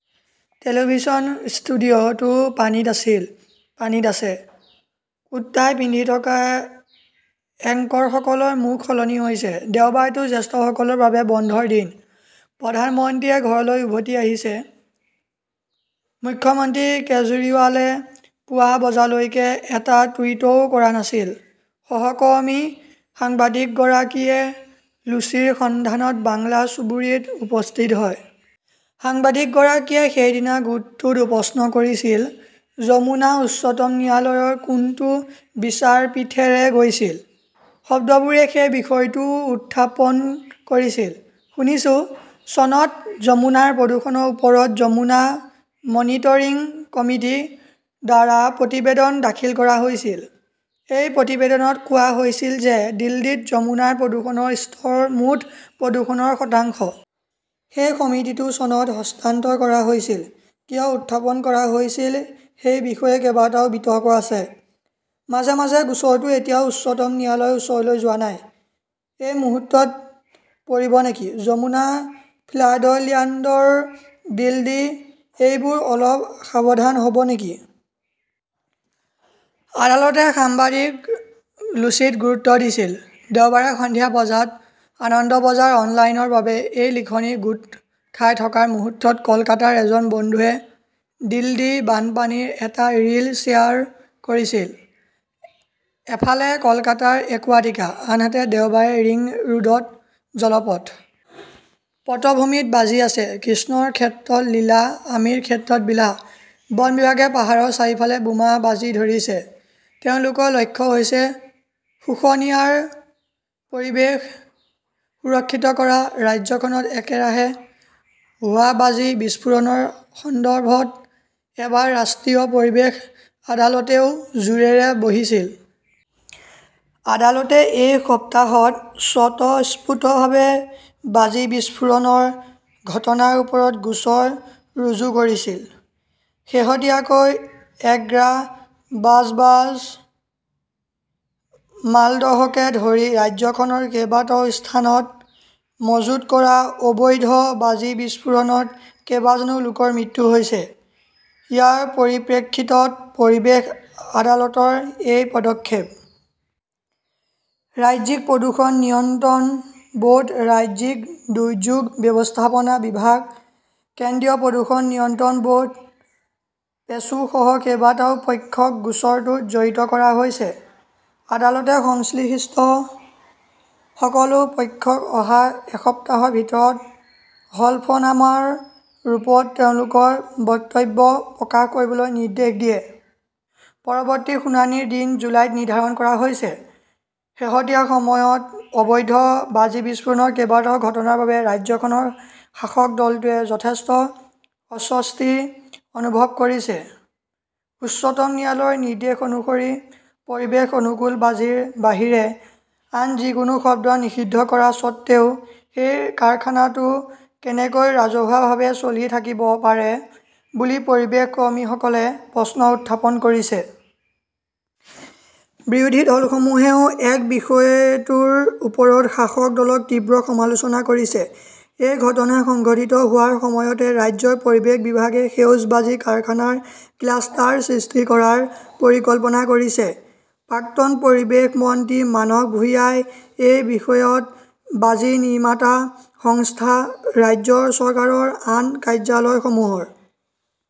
Television studio 'টো পানীত আছিল। পানীত আছে। কোট-টাই পিন্ধি থকা এংকৰসকলৰ মুখ সলনি হৈছে। দেওবাৰটো জ্যেষ্ঠসকলৰ বাবে বন্ধৰ দিন। প্ৰধানমন্ত্ৰীয়ে ঘৰলৈ উভতি আহিছে। মুখ্যমন্ত্ৰী কেজৰিৱালে পুৱা বজালৈকে এটা টুইটও কৰা নাছিল। সহকৰ্মী সাংবাদিকগৰাকীয়ে লুচিৰ সন্ধানত বাংলা চুবুৰীত উপস্থিত হয়। সাংবাদিকগৰাকীয়ে সেইদিনা গোটটোত প্ৰশ্ন কৰিছিল, যমুনা উচ্চতম ন্যায়ালয়ৰ কোনটো বিচাৰপীঠেৰে গৈছিল? শব্দবোৰে সেই বিষয়টোও উত্থাপন কৰিছিল। শুনিছোঁ, চনত যমুনাৰ প্ৰদূষণৰ ওপৰত 'যমুনা মনিটৰিং কমিটি " ৰ দ্বাৰা প্ৰতিবেদন দাখিল কৰা হৈছিল। সেই প্ৰতিবেদনত কোৱা হৈছিল যে দিল্লীত যমুনাৰ প্ৰদূষণৰ স্তৰ মুঠ প্ৰদূষণৰ শতাংশ। সেই সমিতিটো চনত হস্তান্তৰ কৰা হৈছিল। কিয় উত্থাপন কৰা হৈছিল সেই বিষয়ে কেইবাটাও বিতৰ্ক আছে। মাজে মাজে গোচৰটো এতিয়াও উচ্চতম ন্যায়ালয়ৰ ওচৰলৈ যোৱা নাই। এই মুহূৰ্তত পৰিব নেকি? যমুনা ফ্লাডল্যান্ডৰ দিল্লী এইবাৰ অলপ সাৱধান হ "ব নেকি? আদালতে সাংবাদিক লুচিক গুৰুত্ব দিছিল। দেওবাৰে সন্ধিয়া বজাত আনন্দ বজাৰ অনলাইনৰ বাবে এই লিখনি গোট খাই থকাৰ মুহূৰ্তত কলকাতাৰ এজন বন্ধুৱে দিল্লী বানপানীৰ এটা 'ৰীল "শ্বেয়াৰ কৰিছিল। এফালে কলকাতাৰ একুৱাটিকা। আনহাতে দেওবাৰে ৰিং ৰোডত জলপথ। পটভূমিত বাজি আছে, 'কৃষ্ণৰ ক্ষেত্ৰত লীলা, আমিৰ ক্ষেত্ৰত বিলা? '। বন বিভাগে পাহাৰৰ চাৰিওফালে 'বোমা "বাজি ধৰিছে, তেওঁলোকৰ লক্ষ্য হৈছে শুশুনিয়াৰ পৰিৱেশ সুৰক্ষিত কৰা ৰাজ্যখনত একেৰাহে হোৱা বাজি বিস্ফোৰণৰ সন্দৰ্ভত এইবাৰ ৰাষ্ট্ৰীয় পৰিৱেশ আদালতেও জোৰেৰে বহিছিল। আদালতে এই সপ্তাহত স্বতঃস্ফূৰ্তভাৱে বাজি বিস্ফোৰণৰ ঘটনাৰ ওপৰত গোচৰ ৰুজু কৰিছিল। শেহতীয়াকৈ, এগ্ৰা, বাজবাজ, মালদহকে ধৰি ৰাজ্যখনৰ কেইবাটাও স্থানত মজুত কৰা অবৈধ বাজি বিস্ফোৰণত কেইবাজনো লোকৰ মৃত্যু হৈছে। ইয়াৰ পৰিপ্ৰেক্ষিতত পৰিৱেশ আদালতৰ এই পদক্ষেপ। ৰাজ্যিক প্ৰদূষণ নিয়ন্ত্ৰণ ব "ৰ্ড, ৰাজ্যিক দুৰ্যোগ ব্যৱস্থাপনা বিভাগ, কেন্দ্ৰীয় প্ৰদূষণ নিয়ন্ত্ৰণ ব" ৰ্ড, পেছো সহ কেইবাটাও পক্ষক গোচৰটোত জড়িত কৰা হৈছে। আদালতে সংশ্লিষ্ট সকলো পক্ষক অহা এসপ্তাহৰ ভিতৰত হলফনামাৰ ৰূপত তেওঁলোকৰ বক্তব্য প্ৰকাশ কৰিবলৈ নিৰ্দেশ দিয়ে। পৰৱৰ্তী শুনানিৰ দিন জুলাইত নিৰ্ধাৰণ কৰা হৈছে। শেহতীয়া সময়ত অবৈধ বাজি বিস্ফোৰণৰ কেইবাটাও ঘটনাৰ বাবে ৰাজ্যখনৰ শাসক দলটোৱে যথেষ্ট অস্বস্তি অনুভৱ কৰিছে। উচ্চতম ন্যায়ালয়ৰ নিৰ্দেশ অনুসৰি পৰিৱেশ অনুকূল বাজিৰ বাহিৰে আন যিকোনো শব্দ নিষিদ্ধ কৰা স্বত্বেও সেই কাৰখানাটো কেনেকৈ ৰাজহুৱাভাৱে চলি থাকিব পাৰে বুলি পৰিৱেশ কৰ্মীসকলে প্ৰশ্ন উত্থাপন কৰিছে। বিৰোধী দলসমূহেও একে বিষয়টোৰ ওপৰত শাসক দলক তীব্ৰ সমালোচনা কৰিছে। এই ঘটনা সংঘটিত হোৱাৰ সময়তে ৰাজ্যৰ পৰিৱেশ বিভাগে সেউজ বাজি কাৰখানাৰ ক্লাষ্টাৰ সৃষ্টি কৰাৰ পৰিকল্পনা কৰিছে। প্ৰাক্তন পৰিৱেশ মন্ত্ৰী মানস ভুঁইয়াই এই বিষয়ত বাজি নিৰ্মাতা সংস্থা, ৰাজ্য চৰকাৰৰ আন কাৰ্যালয়সমূহৰ